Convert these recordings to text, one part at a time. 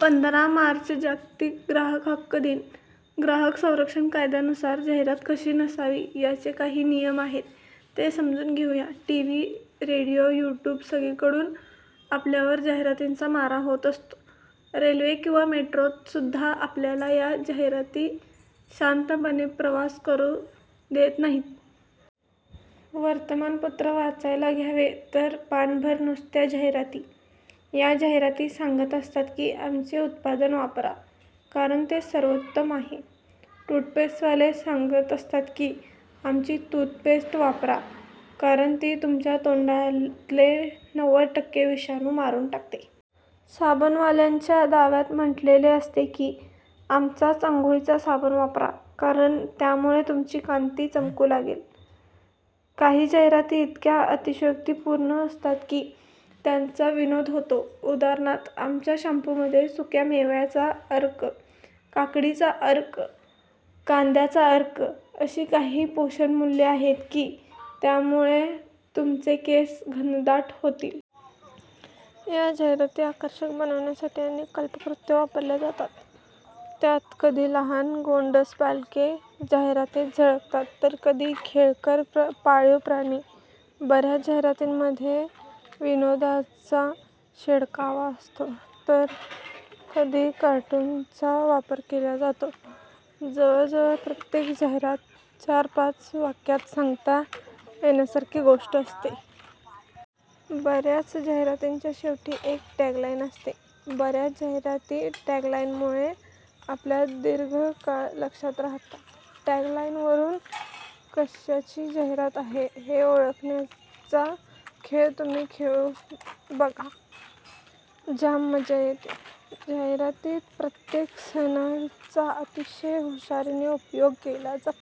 पंधरा मार्च, जागतिक ग्राहक हक्क दिन. ग्राहक संरक्षण कायद्यानुसार जाहिरात कशी नसावी, याचे काही नियम आहेत. ते समजून घेऊ या. टीव्ही, रेडियो, यूट्यूब सगळीकडून आपल्यावर जाहिरातींचा मारा होत असतो. रेल्वे किंवा मेट्रोतसुद्धा आपल्याला या जाहिराती शांतपणे प्रवास करू देत नाहीत. वर्तमानपत्र वाचायला घ्यावे, तर पानभर नुसत्या जाहिराती. या जाहिराती सांगत असतात की, आमचे उत्पादन वापरा, कारण ते सर्वोत्तम आहे. टूथपेस्टवाले सांगत असतात की, आमचीच टूथपेस्ट वापरा, कारण ती तुमच्या तोंडातले नव्वद टक्के विषाणू मारून टाकते. साबणवाल्यांच्या दाव्यात म्हटलेले असते की, आमचाच अंघोळीचा साबण वापरा, कारण त्यामुळे तुमची कांती चमकू लागेल. काही जाहिराती इतक्या अतिशयोक्तीपूर्ण असतात की, त्याचा विनोद होतो. उदा. आमच्या शाम्पूमध्ये सुक्या मेव्याचा अर्क, काकडीचा अर्क, कांद्याचा अर्क अशी काही पोषणमूल्ये आहेत की, त्यामुळे तुमचे केस घनदाट होतील. या जाहिराती आकर्षक बनवण्यासाठी अनेक क्लृप्त्या वापरल्या जातात. त्यात कधी लहान गोंडस बालके जाहिरातीत झळकतात, तर कधी खेळकर पाळीव प्राणी. बऱ्याच जाहिरातींमध्ये विनोदाचा शिडकावा असतो, तर कधी कार्टूनचा वापर केला जातो. जवळ जवळ प्रत्येक जाहिरातीत चार-पाच वाक्यांत सांगता येण्यासारखी गोष्ट असते. बऱ्याच जाहिरातींच्या शेवटी एक टॅग लाइनअसते. बऱ्याच जाहिराती टॅग लाइनमुळे आपल्या दीर्घकाळ लक्षात राहतात. टॅग लाइनवरून कशाची जाहिरात आहे हे ओळखण्याचा खेळ तुम्ही खेळून बघा, जाम मजा येते. जाहिरातीत प्रत्येक सणाचा अतिशय हुशारीने उपयोग केला जातो.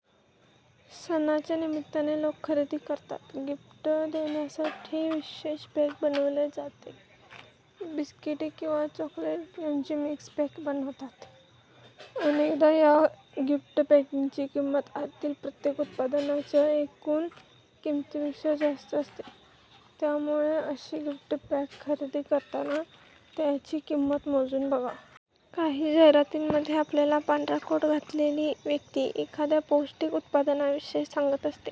सणांच्या निमित्ताने लोक खरेदी करतात. गिफ्ट देण्यासाठी विशेष पॅक बनवले जाते. बिस्किटे किंवा चॉकलेट यांचे मिक्स पॅक बनवतात. अनेकदा या गिफ्ट पॅकची किंमत आतील प्रत्येक उत्पादनाच्या एकूण किमतीपेक्षा जास्त असते. त्यामुळे अशी गिफ्ट पॅक खरेदी करताना त्याची किंमत मोजून बघा. काही जाहिरातींमध्ये आपल्याला पांढरा कोट घातलेली व्यक्ती एखाद्या पौष्टिक उत्पादनाविषयी सांगत असते.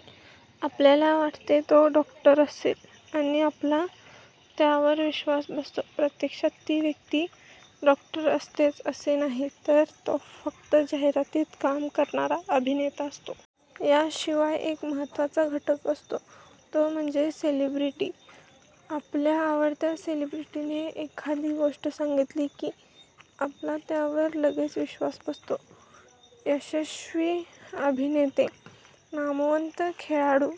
आपल्याला वाटते, तो ी डॉक्टर असेल आणि आपला त्यावर विश्वास बसतो. प्रत्यक्षात ती व्यक्ती डॉक्टर असतेच असे नाही, तर तो ी फक्त जाहिरातीत काम करणारा अभिनेता असतो. याशिवाय एक महत्त्वाचा घटक असतो, तो म्हणजे सेलिब्रिटी. आपल्या आवडत्या सेलिब्रिटीने एखादी गोष्ट सांगितली की, आपला त्यावर लगेच विश्वास बसतो. यशस्वी अभिनेते, नामवंत खेळाडू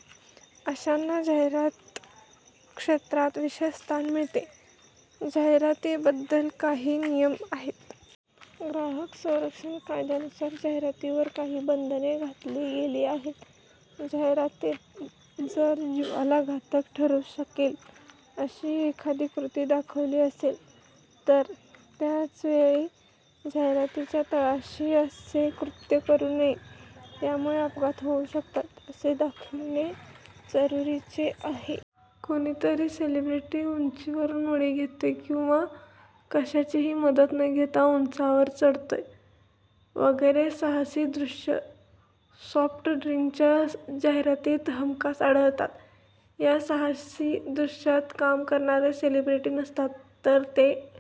अशांना जाहिरात क्षेत्रांत विशेष स्थान मिळते. जाहिरातींबद्दल काही नियम आहेत. ग्राहक संरक्षण कायद्यानुसार जाहिरातींवर काही बंधने घातली गेली आहेत. जाहिरातीत जर जीवाला घातक ठरू शकेल अशी एखादी कृती दाखवली असेल तर त्याच वेळी जाहिरातीच्या तळाशी असे कृत्य करू नये. त्यामुळे अपघात होऊ शकतात, असे दाखवणे जरुरीचे आहे. कोणीतरी सेलिब्रिटी उंचावरून उडी घेतोय, किंवा कशाचीही मदत न घेता उंचावर चढतोय वगैरे साहसी दृश्ये सॉफ्ट ड्रिंकच्या जाहिरातीत हमखास आढळतात. त्या साहसी दृश्यात काम करणारे सेलिब्रिटी नसतात, तर ते